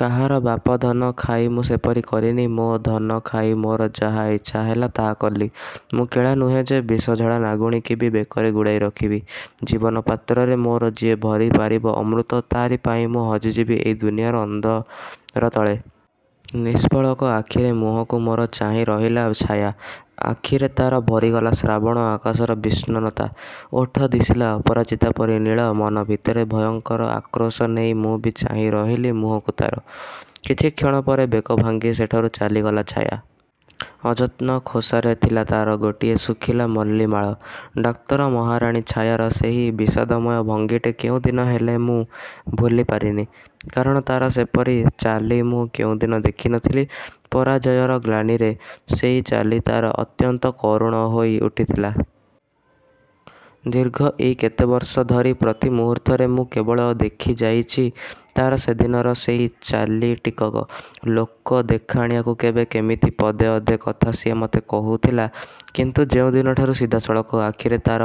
କାହାର ବାପଧନ ଖାଇ ମୁଁ ସେପରି କରିନି। ମୋ ଧନ ଖାଇ ମୋର ଯାହା ଇଚ୍ଛା ହେଲା ତାହା କଲି। ମୁଁ କେଳା ନୁହେଁ ଯେ, ବିଷଝଡ଼ା ନାଗୁଣୀକି ବି ବେକରେ ଗୁଡ଼ାଇ ରଖିବି। ଜୀବନ ପାତ୍ରରେ ମୋର ଯିଏ ଭରି ପାରିବ ଅମୃତ, ତା'ରି ପାଇଁ ମୁଁ ହଜିଯିବି ଏଇ ଦୁନିଆର ଅନ୍ଧର ତଳେ। ନିଷ୍ପଳକ ଆଖିରେ ମୁହଁକୁ ମୋର ଚାହିଁ ରହିଲା ଛାୟା। ଆଖିରେ ତା'ର ଭରିଗଲା ଶ୍ରାବଣ ଆକାଶର ବିଷନ୍ନତା। ଓଠ ଦିଶିଲା ଅପରାଜିତା ପରି ନୀଳ। ମନ ଭିତରେ ଭୟଙ୍କର ଆକ୍ରୋଶ ନେଇ ମୁଁ ବି ଚାହିଁ ରହିଲି ମୁହଁକୁ ତା'ର। କିଛି କ୍ଷଣ ପରେ ବେକ ଭାଙ୍ଗି ସେଠାରୁ ଚାଲିଗଲା ଛାୟା। ଅଯତ୍ନ ଖୋସାରେ ଥିଲା ତା'ର ଗୋଟିଏ ଶୁଖିଲା ମଲ୍ଲୀ ମାଳ। ଡାକ୍ତର, ମହାରାଣୀ ଛାୟାର ସେଇ ବିଷାଦମୟ ଭଙ୍ଗୀଟି କେଉଁଦିନ ହେଲେ ମୁଁ ଭୁଲି ପାରିନି। କାରଣ ତା'ର ସେପରି ଚାଲି ମୁଁ କେଉଁଦିନ ଦେଖି ନଥିଲି। ପରାଜୟର ଗ୍ଳାନିରେ ସେଇ ଚାଲି ତା'ର ଅତ୍ୟନ୍ତ କରୁଣ ହୋଇ ଉଠିଥିଲା। ଦୀର୍ଘ ଏଇ କେତେ ବର୍ଷ ଧରି ପ୍ରତି ମୁହୂର୍ତ୍ତରେ ମୁଁ କେବଳ ଦେଖିଯାଇଛି ତା'ର ସେଦିନର ସେଇ ଚାଲିଟିକକ। ଲୋକ ଦେଖାଣିଆକୁ କେବେ କେମିତି ପଦେ ଅଧେ କଥା ସିଏ ମତେ କହୁଥିଲା। କିନ୍ତୁ ଯେଉଁଦିନଠାରୁ ସିଧାସଳଖ ଆଖିରେ ତା'ର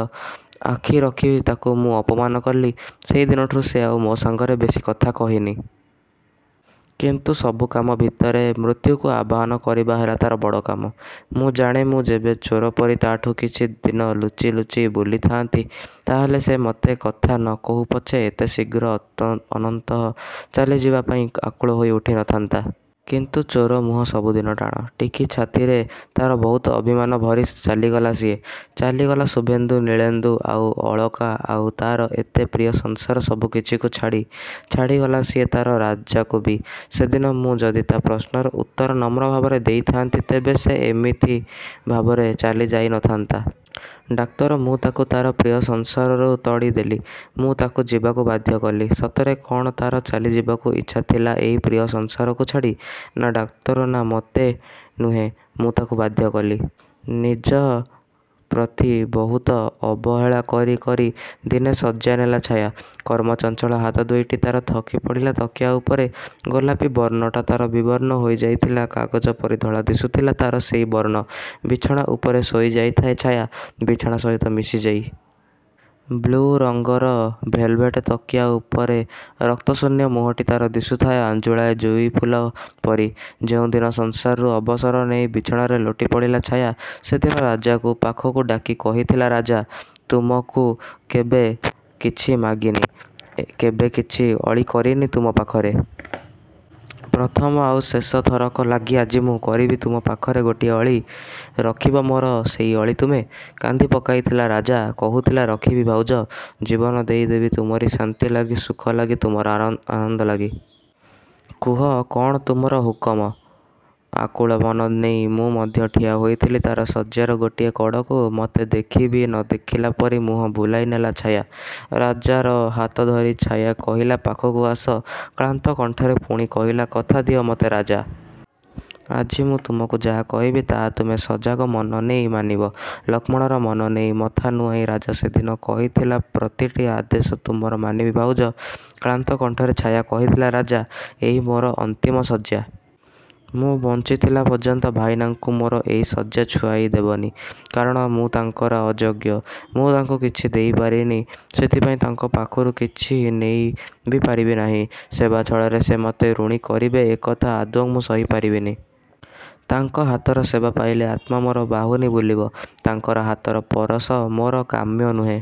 ଆଖି ରଖି ତାକୁ ମୁଁ ଅପମାନ କଲି, ସେଇଦିନଠାରୁ ସେ ଆଉ ମୋ ସାଙ୍ଗରେ ବେଶୀ କଥା କହିନି। କିନ୍ତୁ ସବୁ କାମ ଭିତରେ ମୃତ୍ୟୁକୁ ଆବାହନ କରିବା ହେଲା ତା'ର ବଡ଼ କାମ। ମୁଁ ଜାଣେ ମୁଁ ଯେବେ ଚୋର ପରି ତା'ଠୁ କିଛି ଦିନ ଲୁଚି ଲୁଚି ବୁଲିଥାଆନ୍ତି, ତାହାହେଲେ ସେ ମତେ କଥା ନ କହୁ ପଛେ ଏତେ ଶୀଘ୍ର ଅନ୍ତତଃ ଚାଲି ଯିବା ପାଇଁ ଆକୁଳ ହୋଇ ଉଠି ନଥାନ୍ତା। କିନ୍ତୁ ଚୋର ମୁହଁ ସବୁଦିନ ଟାଣ। ଟିକି ଛାତିରେ ତା'ର ବହୁତ ଅଭିମାନ ଭରି ଚାଲିଗଲା ସିଏ। ଚାଲିଗଲା ଶୁଭେନ୍ଦୁ, ନୀଳେନ୍ଦୁ, ଆଉ ଅଳକା ଆଉ ତା'ର ଏତେ ପ୍ରିୟ ସଂସାର ସବୁକିଛିକୁ ଛାଡ଼ି। ଛାଡ଼ିଗଲା ସିଏ ତା'ର ରାଜାକୁ ବି। ସେଦିନ ମୁଁ ଯଦି ତା' ପ୍ରଶ୍ନର ଉତ୍ତର ନମ୍ର ଭାବରେ ଦେଇଥାଆନ୍ତି ତେବେ ସେ ସେମିତି ଭାବରେ ଚାଲି ଯାଇ ନଥାଆନ୍ତା। ଡାକ୍ତର, ମୁଁ ତାକୁ ତା'ର ପ୍ରିୟ ସଂସାରରୁ ତଡ଼ି ଦେଲି। ମୁଁ ତାକୁ ଯିବାକୁ ବାଧ୍ୟ କଲି। ସତରେ କ'ଣ ତା'ର ଚାଲି ଯିବାକୁ ଇଚ୍ଛା ଥିଲା ଏଇ ପ୍ରିୟ ସଂସାରକୁ ଛାଡ଼ି! ନା ଡାକ୍ତର, ନା, ମୋଟେ ନୁହେଁ। ମୁଁ ତାକୁ ବାଧ୍ୟ କଲି। ନିଜ ପ୍ରତି ବହୁତ ଅବହେଳା କରି କରି ଦିନେ ଶଯ୍ୟା ନେଲା ଛାୟା। କର୍ମଚଞ୍ଚଳ ହାତ ଦୁଇଟି ତା'ର ଥକି ପଡ଼ିଲା ତକିଆ ଉପରେ। ଗୋଲାପୀ ବର୍ଣ୍ଣଟା ତା'ର ବିବର୍ଣ୍ଣ ହୋଇ ଯାଇଥିଲା। କାଗଜ ପରି ଧଳା ଦିଶୁଥିଲା ତା'ର ସେଇ ବର୍ଣ୍ଣ। ବିଛଣା ଉପରେ ଶୋଇଥାଏ ଛାୟା, ବିଛଣା ସହିତ ମିଶି ଯାଇ। ବ୍ଲୁ ରଙ୍ଗର ଭେଲ୍‌ଭେଟ୍ ତକିଆ ଉପରେ ରକ୍ତଶୂନ୍ୟ ମୁହଁଟି ତା'ର ଦିଶୁଥାଏ ଆଞ୍ଜୁଳାଏ ଜୁଇଫୁଲ ପରି। ଯେଉଁଦିନ ସଂସାରରୁ ଅବସର ନେଇ ବିଛଣାରେ ଲୋଟି ପଡ଼ିଲା ଛାୟା, ସେଦିନ ରାଜାକୁ ପାଖକୁ ଡାକି କହିଥିଲା ରାଜା, ତୁମକୁ କେବେ କିଛି ମାଗିନି। କେବେ କିଛି ଅଳି କରିନି ତୁମ ପାଖରେ। ପ୍ରଥମ ଆଉ ଶେଷ ଥରକ ଲାଗି ଆଜି ମୁଁ କରିବି ତୁମ ପାଖରେ ଗୋଟିଏ ଅଳି। ରଖିବ ମୋର ସେଇ ଅଳି ତୁମେ? କାନ୍ଦି ପକାଇଥିଲା ରାଜା। କହୁଥିଲା ରଖିବି ଭାଉଜ। ଜୀବନ ଦେଇ ଦେବି ତୁମରି ଶାନ୍ତି ଲାଗି, ସୁଖ ଲାଗି, ତୁମର ଆନନ୍ଦ ଲାଗି। କୁହ, କ'ଣ ତୁମର ହୁକୁମ। ଆକୁଳ ମନ ନେଇ ମୁଁ ମଧ୍ୟ ଠିଆ ହୋଇଥିଲି ତା'ର ଶଯ୍ୟାର ଗୋଟିଏ କଡ଼କୁ। ମତେ ଦେଖି ବି ନ ଦେଖିଲା ପରି ମୁହଁ ବୁଲାଇ ନେଲା ଛାୟା। ରାଜାର ହାତ ଧରି ଛାୟା କହିଲା ପାଖକୁ ଆସ। କ୍ଳାନ୍ତ କଣ୍ଠରେ ପୁଣି କହିଲା କଥା ଦିଅ ମତେ ରାଜା। ଆଜି ମୁଁ ତୁମକୁ ଯାହା କହିବି, ତାହା ତୁମେ ସଜାଗ ମନ ନେଇ ମାନିବ। ଲକ୍ଷ୍ମଣର ମନ ନେଇ ମଥା ନୁଆଁଇ ରାଜା ସେଦିନ କହିଥିଲା ପ୍ରତିଟି ଆଦେଶ ତୁମର ମାନିବି ଭାଉଜ। କ୍ଳାନ୍ତ କଣ୍ଠରେ ଛାୟା କହିଥିଲା ରାଜା! ଏଇ ମୋର ଅନ୍ତିମ ଶଯ୍ୟା। ମୁଁ ବଞ୍ଚିଥିଲା ପର୍ଯ୍ୟନ୍ତ ଭାଇନାଙ୍କୁ ମୋର ଏଇ ଶଯ୍ୟା ଛୁଆଁଇ ଦେବନି। କାରଣ ମୁଁ ତାଙ୍କର ଅଯୋଗ୍ୟ। ମୁଁ ତାଙ୍କୁ କିଛି ଦେଇ ପାରିନି ସେଥିପାଇଁ ତାଙ୍କ ପାଖରୁ କିଛି ନେଇ ବି ପାରିବି ନାହିଁ। ସେବା ଛଳରେ ସେ ମତେ ଋଣୀ କରିବେ ଏକଥା ଆଦୌ ମୁଁ ସହି ପାରିବିନି। ତାଙ୍କ ହାତର ସେବା ପାଇଲେ ଆତ୍ମା ମୋର ବାହୁନି ବୁଲିବ। ତାଙ୍କର ହାତର ପରଶ ମୋର କାମ୍ୟ ନୁହେଁ।